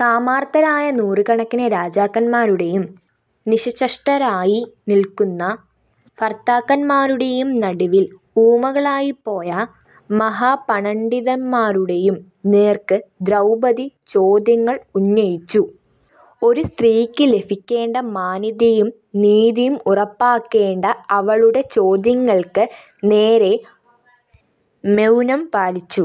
കാമാർത്തരായ നൂറുകണക്കിന് രാജാക്കന്മാരുടെയും, നിശ്ചെഷ്ടരായി നിൽകുന്ന ഭർത്താക്കന്മാരുടേയും നടുവിൽ ഊമകളായിപ്പോയ മഹാപണഡിതന്മാരുടെയും നേർക്ക് ദ്രൗപദി ചോദ്യങ്ങൾ ഉന്നയിച്ചു. ഒരു സ്ത്രീക്ക് ലഭിക്കേണ്ട മാന്യതയും നീതിയും ഉറപ്പാക്കേണ്ട അവളുടെ ചോദ്യങ്ങൾക്ക് നേരെ മൌനം പാലിച്ചു.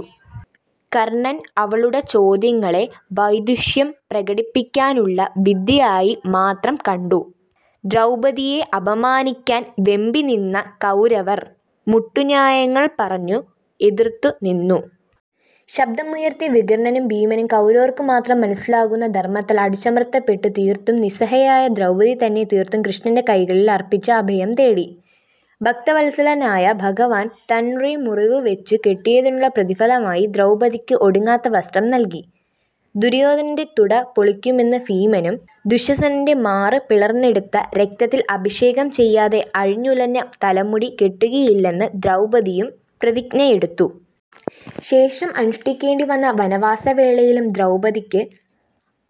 കർണൻ അവളുടെ ചോദ്യങ്ങളെ വൈദുഷ്യം പ്രകടിപ്പിക്കാനുള്ള വിദ്യയായി മാത്രം കണ്ടു. ദ്രൗപദിയെ അപമാനിക്കാൻ വെമ്പിനിന്ന കൗരവർ മുട്ടുന്യായങ്ങൾ പറഞ്ഞു എതിർത്ത് നിന്നു. ശബ്ദമുയർത്തിയ വികർണനും ഭീമനും കൗരവർക്കു മാത്രം മനസ്സിലാകുന്ന ധർമ്മത്താൽ അടിച്ചമർത്തപ്പെട്ടു തീർത്തും നിസ്സഹായയായ ദ്രൗപദി തന്നെ തീർത്തും കൃഷ്ണൻറെ കൈകളിൽ അർപ്പിച്ചു അഭയം തേടി. ഭക്തവത്സലനായ ഭഗവാൻ തൻറെ മുറിവ് വെച്ചു കെട്ടിയതിനുള്ള പ്രതിഭലമായി ദ്രൗപദിക്ക് ഒടുങ്ങാത്ത വസ്ത്രം നൽകി. ദുര്യോധനൻറെ തുട പൊളിക്കുമെന്ന് ഭീമനും ദുശ്ശസനൻറെ മാറ് പിളർന്നെടുത്ത രക്തത്തിൽ അഭിഷേകം ചെയ്യാതെ അഴിഞ്ഞുലഞ്ഞ തലമുടി കേട്ടുകയില്ലെന്നു ദ്രൗപദിയും പ്രതിജ്ഞയെടുത്തു. ശേഷം അനുഷ്ടിക്കെണ്ടിവന്ന വനവാസ വേളയിലും ദ്രൗപദിക്ക്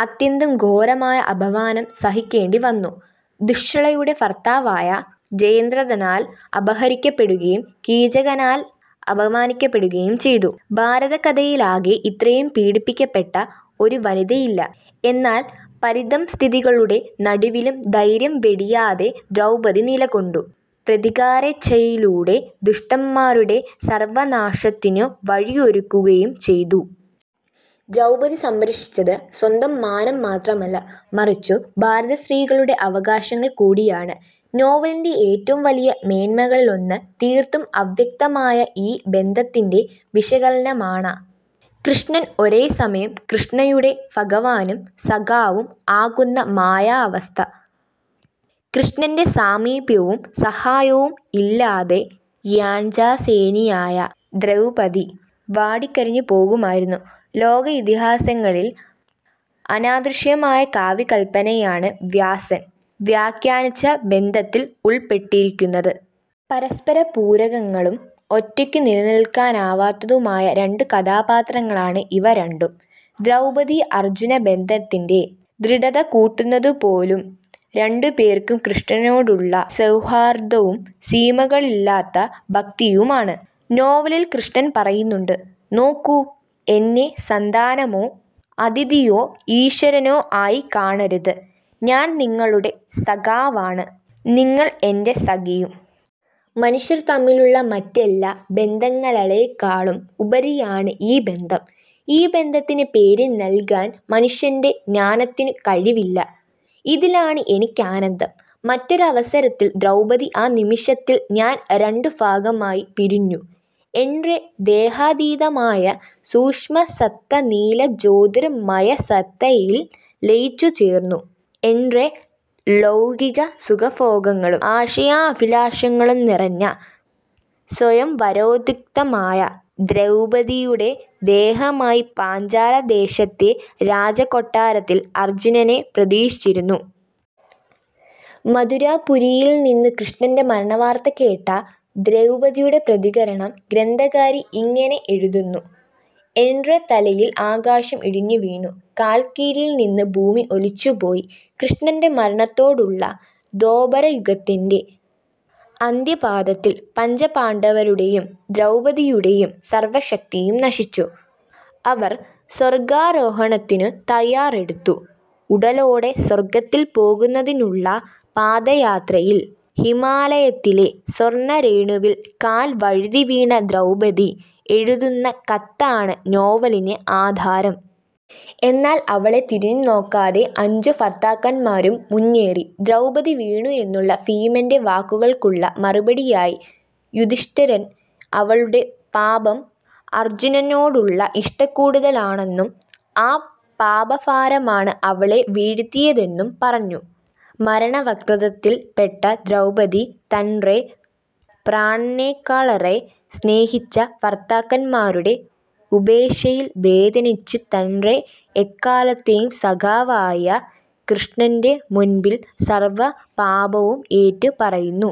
അത്യന്തം ഘോരമായ അപമാനം സഹിക്കേണ്ടിവന്നു. ദുശ്ശളയുടെ ഭർത്താവായ ജയദ്രഥനാൽ അപഹരിക്കപ്പെടുകയും കീചകനാൽ അപമാനിക്കപ്പെടുകയും ചെയ്തു. ഭാരതകഥയിലാകെ ഇത്രയും പീഡിപ്പിക്കപ്പെട്ട ഒരു വനിതയില്ല. എന്നാൽ പരിതഃസ്ഥിതികളുടെ നടുവിലും ധൈര്യം വെടിയാതെ ദ്രൗപദി നിലകൊണ്ടു. പ്രതികാരേച്ഛയിലൂടെ ദുഷ്ടന്മാരുടെ സർവനാശത്തിനു വഴിയൊരുക്കുകയും ചെയ്തു. ദ്രൗപദി സംരക്ഷിച്ചത് സ്വന്തം മാനം മാത്രമല്ല, മറിച്ചു ഭാരതസ്ത്രീകളുടെ അവകാശങ്ങൾ കൂടിയാണ്. നോവലിൻറെ ഏറ്റവും വലിയ മേന്മകളിലൊന്ന് തീർത്തും അവ്യക്തമായ ഈ ബന്ധത്തിൻറെ വിശകലനമാണ. കൃഷ്ണൻ ഒരേ സമയം കൃഷ്ണയുടെ ഭഗവാനും സഖാവും ആകുന്ന മായാവസ്ഥ. കൃഷ്ണന്റെ സാമീപ്യവും സഹായവും ഇല്ലാതെ യാജ്ഞാസേനിയായ ദ്രൌപദി വാടിക്കരിഞ്ഞുപോകുമായിരുന്നു. ലോക ഇതിഹാസങ്ങളിൽ അനാദൃശ്യമായ കാവ്യകല്പനയാണ് വ്യാസൻ വ്യഘ്യനിച്ച ബന്ധത്തിൽ ഉൾപ്പെട്ടിരിക്കുന്നത്. പരസ്പര പൂരകങ്ങളും ഒറ്റക്കു നിലനിൽക്കാനാവാത്തതുമായ രണ്ടു കഥാപാത്രങ്ങളാണ് ഇവ രണ്ടും. ദ്രൗപദി -അർജുന ബന്ധത്തിൻറെ ദൃഡത കൂട്ടുന്നതുപോലും രണ്ടുപേർക്കും കൃഷ്ണനോടുള്ള സൌഹാർദ്ധവും സീമകളില്ലാത്ത ഭക്തിയുമാണ്. നോവലിൽ കൃഷ്ണൻ പറയുന്നുണ്ട് "നോക്കൂ, എന്നെ സന്താനമോ, അതിഥിയോ ഈശ്വരനോ ആയി കാണരുത്. ഞാൻ നിങ്ങളുടെ സഖാവാണ്. നിങ്ങൾ എൻറെ സഖിയും. മനുഷ്യർ തമ്മിലുള്ള മറ്റെല്ലാ ബന്ധങ്ങലളെക്കാളും ഉപരിയാണ് ഈ ബന്ധം. ഈ ബന്ധത്തിന് പേര് നല്കാൻ മനുഷ്യൻറെ ജ്ഞാനത്തിനു കഴിവില്ല. ഇതിലാണ് എനിക്ക് ആനന്ദം". മറ്റൊരവസരത്തിൽ ദ്രൗപദി "ആ നിമിഷത്തിൽ ഞാൻ രണ്ടു ഭാഗമായി പിരിഞ്ഞു. എൻറെ ദേഹാതീതമായ സൂക്ഷ്മസത്ത നീലജ്യോതിർമയസത്തയിൽ ലയിച്ചുചേർന്നു. എൻറെ ലൌകിക സുഖഭോഗങ്ങളും ആശയാഭിലാഷങ്ങളും നിറഞ്ഞ സ്വയംവരോദ്യുക്തയായ ദ്രൌപദിയുടെ ദേഹമായി പാഞ്ചാല ദേശത്തെ രാജകൊട്ടാരത്തിൽ അർജുനനെ പ്രതീക്ഷിച്ചിരുന്നു". മഥുരാപുരിയിൽനിന്നു കൃഷ്ണൻറെ മരണവാർത്ത കേട്ട ദ്രൌപദിയുടെ പ്രതികരണം ഗ്രന്ഥകാരി ഇങ്ങനെ എഴുതുന്നു "എൻറെ തലയിൽ ആകാശം ഇടിഞ്ഞുവീണു. കാൽക്കീഴിൽനിന്നു ഭൂമി ഒലിച്ചുപോയി". കൃഷ്ണൻറെ മരണത്തോടുള്ള ദ്വാപരയുഗത്തിൻറെ അന്ത്യപാദത്തിൽ പഞ്ചപാണ്ഡവരുടെയും ദ്രൗപദി യുടെയും സർവശക്തിയും നശിച്ചു. അവർ സ്വർഗാരോഹണത്തിനു തയ്യാറെടുത്തു. ഉടലോടെ സ്വർഗത്തിൽ പോകുന്നതിനുള്ള പദയാത്രയിൽ ഹിമാലയത്തിലെ സ്വർണ്ണരേണുവിൽ കാൽ വഴുതിവീണ ദ്രൗപദി എഴുതുന്ന കത്താണ് നോവലിന് ആധാരം. എന്നാൽ അവളെ തിരിഞ്ഞുനോക്കാതെ അഞ്ചു ഭർത്താക്കന്മാരും മുന്നേറി. ദ്രൗപദി വീണു എന്നുള്ള ഭീമൻറെ വാക്കുകൾക്കുള്ള മറുപടിയായി യുധിഷ്ടിരൻ അവളുടെ പാപം അർജുനനോടുള്ള ഇഷ്ടക്കൂടുതലാണെന്നും ആ പാപഭാരമാണ് അവളെ വീഴ്ത്തിയതെന്നും പറഞ്ഞു. മരണവക്ത്രത്തിൽ പെട്ട ദ്രൗപദി തൻറെ പ്രാണനെക്കാളെറെ സ്നേഹിച്ച ഭർത്താക്കന്മാരുടെ ഉപേക്ഷയിൽ വേദനിച്ചു തൻറെ എക്കാലത്തെയും സഖാവായ കൃഷ്ണൻറെ മുൻപിൽ സർവ പാപവും ഏറ്റു പറയുന്നു.